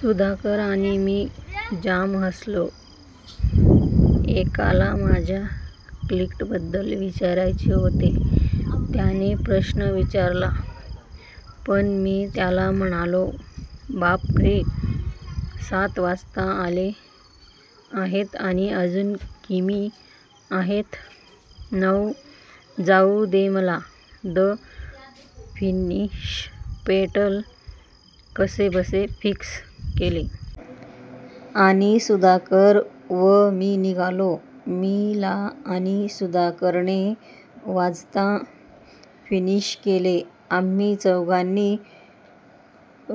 सुधाकर आणि मी जाम हसलो. एकाला माझ्या क्लिट बद्दल विचारायचे होते. त्याने प्रश्न विचारला, पण मी त्याला म्हणालो, बाबारे सात वाजत आले आहेत आणि अजून किमी आहेत जाउ दे मला. द फिनिशपेडल कसेबसे फिक्स केले. आणि सुधाकर व मी निघालो. मी ला आणि सुधाकरने वाजता फिनिश केले! आम्ही चौघांनी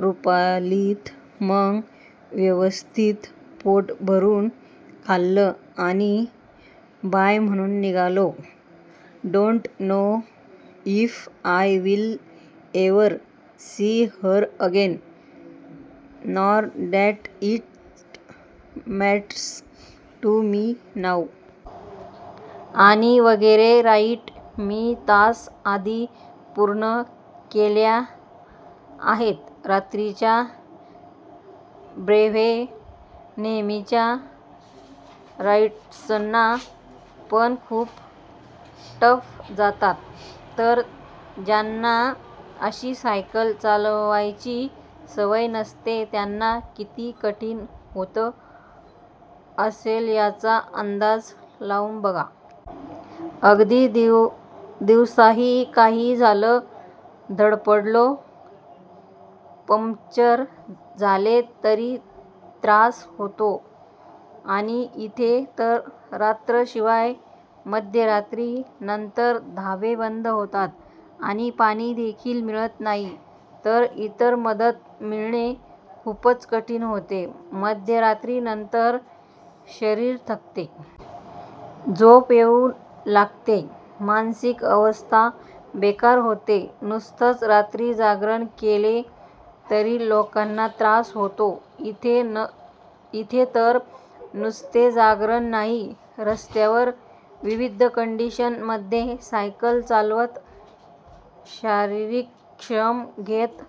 रुपालीत मग व्यवस्थित पोटभरून खाल्ल आणि बाय म्हणून निघालो. Don't know, if I will ever see her again. Nor that it matters to me now. आणि, वगैरे राईड मी, तास आधी पूर्ण केल्या आहेत. रात्रीच्या ब्रेव्हे नेहमीच्या रायडर्सना पण खूप टफ जातात. तर ज्यांना अशी सायकल चालवायची सवय नसते त्यांना किती कठीण होत असेल ह्याचा अंदाज लावून बघा. अगदी दिवसाही काही झालं, धडपडलो, पंक्चर झाले तरी त्रास होता आणि इथे तर रात्र! शिवाय मध्यरात्री नंतर ढाबे बंद होतात आणि पाणी देखील मिळत नाही, तर इतर मदत मिळणे खूपच कठीण होते. मध्यरात्री नंतर शरीर थकते. झोप येऊ लागते. मानसिक अवस्था बेकार होते. नुसतं रात्री जागरण केले तरी लोकांना त्रास होतो, इथे तर नुसते जागरण नाही, रस्त्यावर, विविध कंडीशन मध्ये सायकल चालवत, शारीरिक श्रम घेत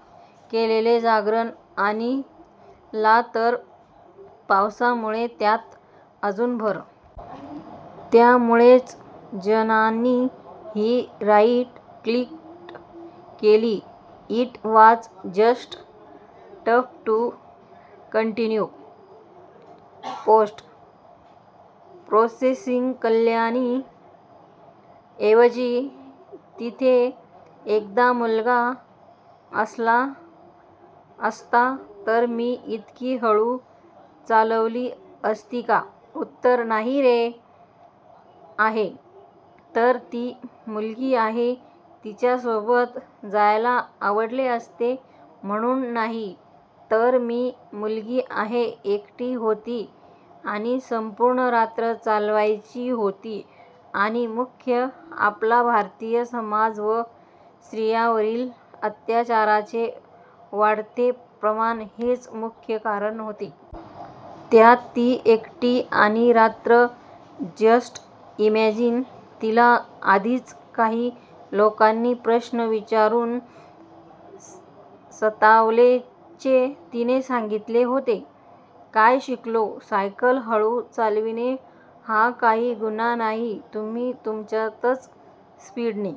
केलेले जागरण. आणि ला तर पावसामुळे त्यात अजून भर! त्यामुळेच जणांनी ही राईड क्विट केली. It was just tough to continue! Post प्रोसेसिंगकल्याणी ऐवजी तिथे एखादा मुलगा असला असता तर मी इतकी हळू चालवली असती का? उत्तर नाही असे आहे. तर ती मुलगी आहे, तिच्या सोबत जायला आवडले असते म्हणून नाही, तर ती मुलगी आहे, एकटी होती आणि संपूर्ण रात्र चालवायची होती आणि मुख्य आपला भारतीय समाज व स्त्रीयांवरील अत्याचाराचे वाढते प्रमाण हेच मुख्य कारण होते. त्यात ती एकटी आणि रात्र. Just imagine. तिला आधीच काही लोकांनी प्रश्न विचारून सतावल्याचे तिने सांगीतले होते. काय शिकलो? सायकल हळू चालविणे हा काही गुन्हा नाही, तुम्ही तुमच्याच स्पीडने